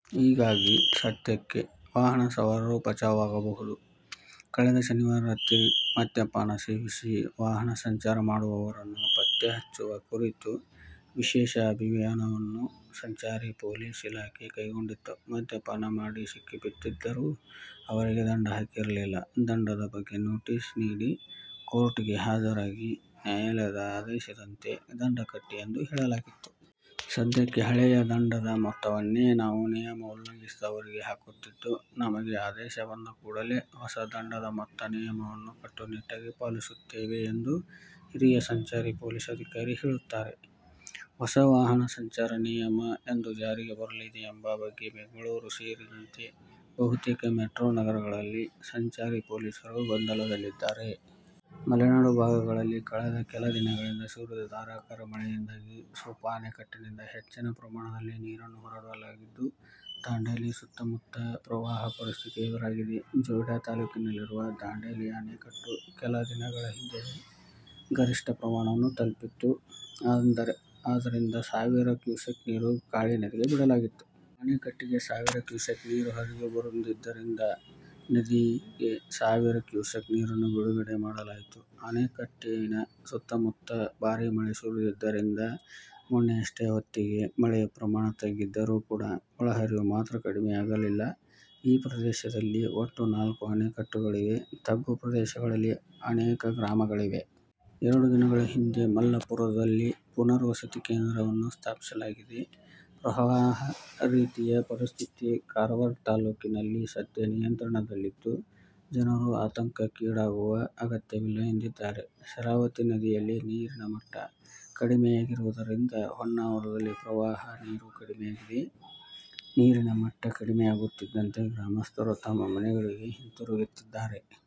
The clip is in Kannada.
ಹೀಗಾಗಿ ಸದ್ಯಕ್ಕೆ ವಾಹನ ಸವಾರರು ಬಚಾವಾಗಬಹುದು. ಕಳೆದ ಶನಿವಾರ ರಾತ್ರಿ ಮದ್ಯಪಾನ ಸೇವಿಸಿ ವಾಹನ ಸಂಚಾರ ಮಾಡುವವರನ್ನು ಪತ್ತೆಹಚ್ಚುವ ಕುರಿತು ವಿಶೇಷ ಅಭಿಯಾನವನ್ನು ಸಂಚಾರಿ ಪೊಲೀಸ್ ಇಲಾಖೆ ಕೈಗೊಂಡಿತ್ತು. ಮದ್ಯಪಾನ ಮಾಡಿ ಸಿಕ್ಕಿಬಿದ್ದಿದ್ದರೂ ಅವರಿಗೆ ದಂಡ ಹಾಕಿರಲಿಲ್ಲ. ದಂಡದ ಬಗ್ಗೆ ನೊಟೀಸ್ ನೀಡಿ ಕೋರ್ಟ್ ಗೆ ಹಾಜರಾಗಿ ನ್ಯಾಯಾಲಯದ ಆದೇಶದಂತೆ ದಂಡ ಕಟ್ಟಿ ಎಂದು ಹೇಳಲಾಗಿತ್ತು. ಸದ್ಯಕ್ಕೆ ಹಳೆಯ ದಂಡದ ಮೊತ್ತವನ್ನೇ ನಾವು ನಿಯಮ ಉಲ್ಲಂಘಿಸಿದವರಿಗೆ ಹಾಕುತ್ತಿದ್ದು ನಮಗೆ ಆದೇಶ ಬಂದ ಕೂಡಲೇ ಹೊಸ ದಂಡದ ಮೊತ್ತ ನಿಯಮವನ್ನು ಕಟ್ಟುನಿಟ್ಟಾಗಿ ಪಾಲಿಸುತ್ತೇವೆ ಎಂದು ಹಿರಿಯ ಸಂಚಾರಿ ಪೊಲೀಸ್ ಅಧಿಕಾರಿ ಹೇಳುತ್ತಾರೆ. ಹೊಸ ವಾಹನ ಸಂಚಾರ ನಿಯಮ ಎಂದು ಜಾರಿಗೆ ಬರಲಿದೆ ಎಂಬ ಬಗ್ಗೆ ಬೆಂಗಳೂರು ಸೇರಿದಂತೆ ಬಹುತೇಕ ಮೆಟ್ರೊ ನಗರಗಳಲ್ಲಿ ಸಂಚಾರಿ ಪೊಲೀಸರು ಗೊಂದಲದಲ್ಲಿದ್ದಾರೆ. ಮಲೆನಾಡು ಭಾಗಗಳಲ್ಲಿ ಕಳೆದ ಕೆಲ ದಿನಗಳಿಂದ ಸುರಿದ ಧಾರಾಕಾರ ಮಳೆಯಿಂದಾಗಿ ಸುಪಾ ಅಣೆಕಟ್ಟಿನಿಂದ ಹೆಚ್ಚಿನ ಪ್ರಮಾಣದಲ್ಲಿ ನೀರನ್ನು ಹೊರಬಿಡಲಾಗಿದ್ದು ದಾಂಡೇಲಿ ಸುತ್ತಮುತ್ತ ಪ್ರವಾಹ ಪರಿಸ್ಥಿತಿ ಎದುರಾಗಿದೆ. ಜೊಯ್ಡಾ ತಾಲ್ಲೂಕಿನಲ್ಲಿರುವ ದಾಂಡೇಲಿ ಅಣೆಕಟ್ಟು ಕೆಲ ದಿನಗಳ ಹಿಂದೆಯೇ ಗರಿಷ್ಠ ಪ್ರಮಾಣವನ್ನು ತಲುಪಿತ್ತು. ಅದರಿಂದ ಸಾವಿರ ಕ್ಯೂಸೆಕ್ ನೀರು ಕಾಳಿ ನದಿಗೆ ಬಿಡಲಾಗಿತ್ತು. ಅಣೆಕಟ್ಟಿಗೆ ಸಾವಿರ ಕ್ಯೂಸೆಕ್ ನೀರು ಹರಿದುಬಂದಿದ್ದರಿಂದ ನದಿಗೆ ಸಾವಿರ ಕ್ಯೂಸೆಕ್ ನೀರನ್ನು ಬಿಡುಗಡೆ ಮಾಡಲಾಯಿತು. ಅಣೆಕಟ್ಟಿನ ಸುತ್ತಮುತ್ತ ಭಾರೀ ಮಳೆ ಸುರಿದಿದ್ದರಿಂದ ಮೊನ್ನೆಯಷ್ಟು ಹೊತ್ತಿಗೆ ಮಳೆಯ ಪ್ರಮಾಣ ತಗ್ಗಿದರೂ ಕೂಡ ಒಳಹರಿವು ಮಾತ್ರ ಕಡಿಮೆಯಾಗಲಿಲ್ಲ. ಈ ಪ್ರದೇಶದಲ್ಲಿ ಒಟ್ಟು ನಾಲ್ಕು ಅಣೆಕಟ್ಟುಗಳಿವೆ. ತಗ್ಗು ಪ್ರದೇಶಗಳಲ್ಲಿ ಅನೇಕ ಗ್ರಾಮಗಳಿವೆ. ಎರಡು ದಿನಗಳ ಹಿಂದೆ ಮಲ್ಲಪುರದಲ್ಲಿ ಪುನರ್ವಸತಿ ಕೇಂದ್ರವನ್ನು ಸ್ಥಾಪಿಸಲಾಗಿದೆ. ಪ್ರವಾಹ ರೀತಿಯ ಪರಿಸ್ಥಿತಿ ಕಾರವಾರ ತಾಲ್ಲೂಕಿನಲ್ಲಿ ಸದ್ಯ ನಿಯಂತ್ರಣದಲ್ಲಿದ್ದು ಜನರು ಆತಂಕಕ್ಕೀಡಾಗುವ ಅಗತ್ಯವಿಲ್ಲ ಎಂದಿದ್ದಾರೆ. ಶರಾವತಿ ನದಿಯಲ್ಲಿ ನೀರಿನ ಮಟ್ಟ ಕಡಿಮೆಯಾಗಿರುವುದರಿಂದ ಹೊನ್ನಾವರದಲ್ಲಿ ಪ್ರವಾಹ ನೀರು ಕಡಿಮೆಯಾಗಿದೆ. ನೀರಿನ ಮಟ್ಟ ಕಡಿಮೆಯಾಗುತ್ತಿದ್ದಂತೆ ಗ್ರಾಮಸ್ಥರು ತಮ್ಮ ಮನೆಗಳಿಗೆ ಹಿಂತಿರುಗುತ್ತಿದ್ದಾರೆ.